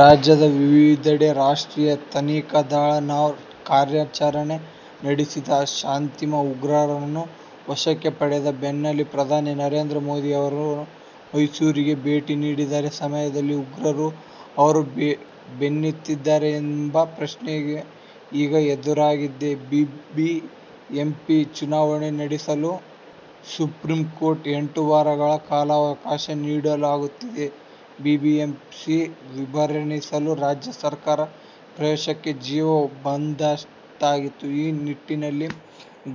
ರಾಜ್ಯದ ವಿವಿಧೆಡೆ ರಾಷ್ಟ್ರೀಯ ತನಿಖಾ ದಳ ವು ಕಾರ್ಯಾಚರಣೆ ನಡೆಸಿ ಶಂಕಿತ ಉಗ್ರರನ್ನು ವಶಕ್ಕೆ ಪಡೆದ ಬೆನ್ನಲ್ಲೇ ಪ್ರಧಾನಿ ನರೇಂದ್ರ ಮೋದಿ ಅವರು ಮೈಸೂರಿಗೆ ಭೇಟಿ ನೀಡಿದ್ದ ಸಮಯದಲ್ಲಿ ಉಗ್ರರು ಅವರ ಬೆನ್ನತ್ತಿದ್ದರೇ ಎಂಬ ಪ್ರಶ್ನೆ ಈಗ ಎದುರಾಗಿದೆ. ಬಿಬಿಎಂಪಿ ಚುನಾವಣೆ ನಡೆಸಲು ಸುಪ್ರೀಂಕೋರ್ಟ್ ಎಂಟು ವಾರಗಳ ಕಾಲಾವಕಾಶ ನೀಡುತ್ತಿದ್ದಂತೆಯೇ ಬಿಬಿಎಂಪಿ ವಿಭಜಿಸುವ ರಾಜ್ಯ ಸರ್ಕಾರದ ಪ್ರಸ್ತಾಪಕ್ಕೆ ಜೀವ ಬಂದಂತಾಗಿದ್ದು, ಈ ನಿಟ್ಟಿನಲ್ಲಿ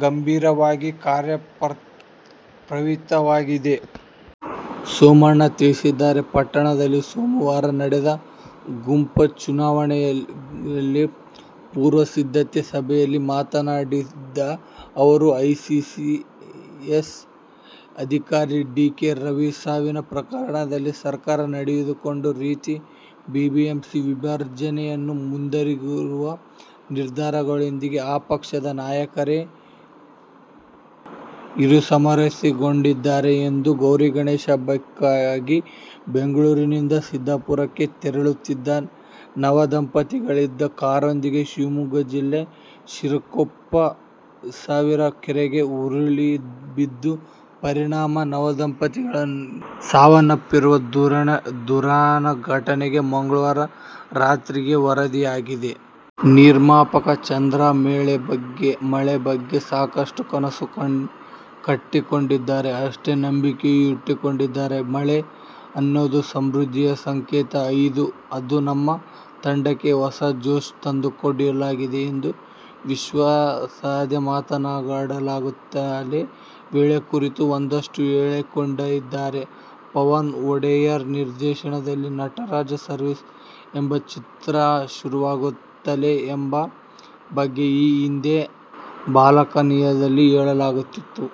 ಗಂಭೀರವಾಗಿ ಕಾರ್ಯಪ್ರವೃತ್ತವಾಗಿದೆ. ಸೋಮಣ್ಣ ತಿಳಿಸಿದರು. ಪಟ್ಟಣದಲ್ಲಿ ಸೋಮವಾರ ನಡೆದ ಗ್ರಾಪಂ ಚುನಾವಣೆ ಪೂರ್ವಸಿದ್ಧತಾ ಸಭೆಯಲ್ಲಿ ಮಾತನಾಡಿದ ಅವರು, ಐಎಎಸ್ ಅಧಿಕಾರಿ ಡಿ. ಕೆ. ರವಿ ಸಾವಿನ ಪ್ರಕರಣದಲ್ಲಿ ಸರ್ಕಾರ ನಡೆದುಕೊಂಡ ರೀತಿ, ಬಿಬಿಎಂಪಿ ವಿಭಜನೆಗೆ ಮುಂದಾಗಿರುವ ನಿರ್ಧಾರಗಳಿಂದ ಆ ಪಕ್ಷದ ನಾಯಕರೇ ಇರುಸುಮುರುಸುಗೊಂಡಿದ್ದಾರೆ ಎಂದರು. ಗೌರಿ-ಗಣೇಶ ಹಬ್ಬಕ್ಕಾಗಿ ಬೆಂಗಳೂರಿನಿಂದ ಸಿದ್ಧಾಪುರಕ್ಕೆ ತೆರಳುತ್ತಿದ್ದ ನವದಂಪತಿಗಳಿದ್ದ ಕಾರೊಂದು ಶಿವಮೊಗ್ಗ ಜಿಲ್ಲೆಯ ಶಿರಾಳಕೊಪ್ಪ ಸಮೀಪ ಕೆರೆಗೆ ಉರುಳಿಬಿದ್ದ ಪರಿಣಾಮ ನವದಂಪತಿಗಳು ಸಾವನ್ನಪ್ಪಿರುವ ದಾರುಣ ಘಟನೆ ಮಂಗಳವಾರ ರಾತ್ರಿ ವರದಿಯಾಗಿದೆ. ನಿರ್ಮಾಪಕ ಚಂದ್ರು "ಮಳೆ' ಬಗ್ಗೆ ಸಾಕಷ್ಟು ಕನಸು ಕಟ್ಟಿಕೊಂಡಿದ್ದಾರೆ. ಅಷ್ಟೇ ನಂಬಿಕೆಯನ್ನೂ ಇಟ್ಟುಕೊಂಡಿದ್ದಾರೆ. ಮಳೆ ಅನ್ನೋದು ಸಮೃದ್ಧಿಯ ಸಂಕೇತ. ಅದು ನಮ್ಮ ತಂಡಕ್ಕೆ ಹೊಸ ಜೋಶ್ ತಂದುಕೊಡಲಿದೆ ಎಂಬ ವಿಶ್ವಾಸದ ಮಾತುಗಳನ್ನಾಡುತ್ತಲೇ, "ಮಳೆ' ಕುರಿತು ಒಂದಷ್ಟು ಹೇಳಿಕೊಂಡಿದ್ದಾರೆ. ಪವನ್ ಒಡೆಯರ್ ನಿರ್ದೇಶನದಲ್ಲಿ "ನಟರಾಜ ಸರ್ವೀಸ್' ಎಂಬ ಚಿತ್ರ ಶುರುವಾಗುತ್ತೆ ಎಂಬ ಬಗ್ಗೆ ಈ ಹಿಂದೆ ಇದೇ ಬಾಲ್ಕನಿಯಲ್ಲಿ ಹೇಳಲಾಗಿತ್ತು.